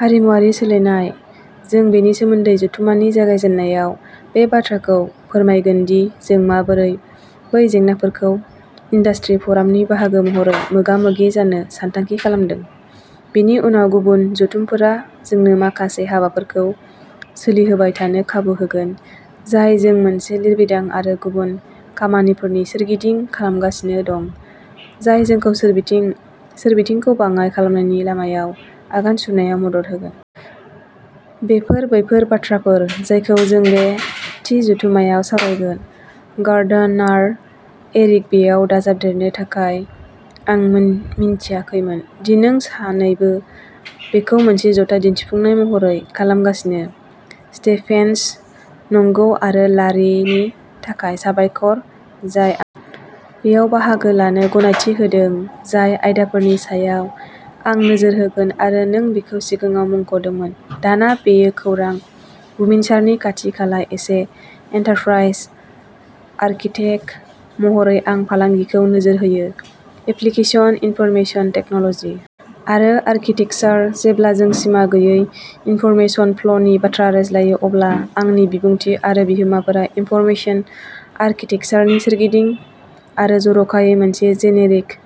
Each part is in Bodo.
हारिमुआरि सोलायनाय जों बेनि सोमोन्दै जथुम्मानि जागायजेन्नायाव बे बाथ्राखौ फोरमायगोन दि जों माबोरै बै जेंनाफोरखौ इन्दास्ट्रि फ'रामनि बाहागो महरै मोगा मोगि जानो सानथांखि खालामदों। बेनि उनाव गुबुन जथुमफोरा जोंनो माखासे हाबाफोरखौ सोलिहोबाय थानो खाबु होगोन जाय जों मोनसे लिरबिदां आरो गुबुन खामानिफोरनि सोरगिदिं खालामगासिनो दं जाय जोंखौ सोरबिथिं सोरबिथिंखौ बाङाइ खालामनायनि लामायाव आगान सुरनायाव मदद होगोन। बेफोर बैफोर बाथ्राफोर जायखौ जों बे थि जथुम्मायाव सावरायगोन गार्डनार एरिक बेयाव दाजाबदेरनो थाखाय आं मिन्थियाखैमोन दि नों सानैबो बेखौ मोनसे जथाय दिन्थिफुंनाय महरै खालामगासिनो स्टेफेनस नंगौ आरो लारिनि थाखाय साबायखर जाय आंखौ बेयाव बाहागो लानो गनायथि होदों जाय आयदाफोरनि सायाव आं नोजोर होगोन आरो नों बेखौ सिगाङाव मुंख'दोंमोन दाना बेयो खौरां बुमिनसारनि खाथि खाला सासे एन्टारप्राइज आर्किटेक्ट महरै आं फालांगिखौ नोजोर होयो एप्लिकेसन इनफरमेशन टेक्न'ल'जि आरो आर्किटेकचार जेब्ला जों सिमा गैयै इनफरमेशन फ्ल'नि बाथ्रा रायज्लायो अब्ला आंनि बिबुंथि आरो बिहोमाफोरा इनफरमेशन आर्किटेकचारनि सोरगिदिं आरो जर'खायै मोनसे जेनेरिक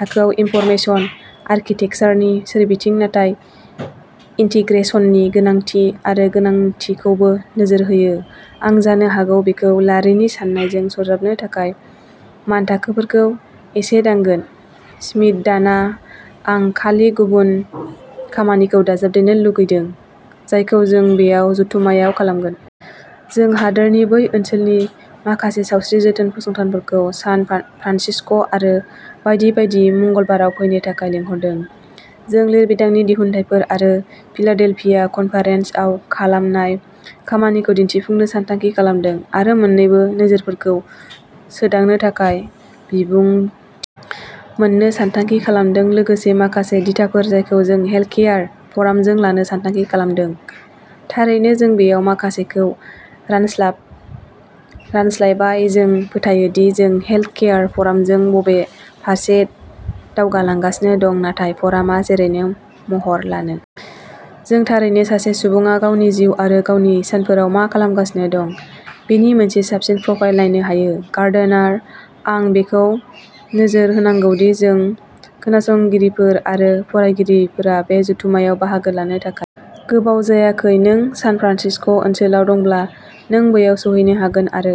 थाखोआव इनफरमेशन आर्किटेकचारनि सोरबिथिं नाथाय इन्टिग्रेसननि गोनांथि आरो गोनांथिखौबो नोजोर होयो आं जानो हागौ बेखौ लारिनि साननायजों सरजाबनो थाखाय मानथाखोफोरखौ एसे दांगोन श्मिट डाना आं खालि गुबुन खामानिखौ दाजाबदेरनो लुगैदों जायखौ जों बेयाव जथुम्मायाव खालामगोन। जों हादोरनि बै ओनसोलनि माखासे सावस्रि जोथोन फसंथानफोरखौ सान फ्रान्सिस्क'आरो बायदि बायदि मंगलबाराव फैनो थाखाय लिंहरदों जों लिरबिदांनि दिहुनथायफोर आरो फिलाडेल्फिया कनफारेन्सआव खालामनाय खामानिखौ दिन्थिफुंनो सानथांखि खालामदों आरो मोन्नैबो नोजोरफोरखौ सोदांनो थाखाय बिबुं मोन्नो सानथांखि खालामदों लोगोसे माखासे दिथाफोर जायखौ जों हेल्थकेयार फरामजों लानो सानथांखि खालामदों थारैनो जों बेयाव माखासेखौ रानस्लाब रानस्लायबाय जों फोथायो दि जों हेल्थकेयार फ'रामजों बबे फारसे दावगालांगासिनो दं नाथाय फ'रामआ जेरैनो महर लानो जों थारैनो सासे सुबुङा गावनि जिउ आरो गावनि सानफोराव मा खालामगासिनो दं बेनि मोनसे साबसिन प्रफाइल नायनो हायो। गार्डनार आं बेखौबो नोजोर होनांगौ दि जोंनि खोनासंगिरिफोर आरो फरायगिरिफोरा बे जथुम्मायाव बाहागो लानो थाखाय गोबाव जायाखै नों सान फ्रान्सिस्क'ओनसोलाव दंब्ला नों बैयाव सौहैनो हागोन आरो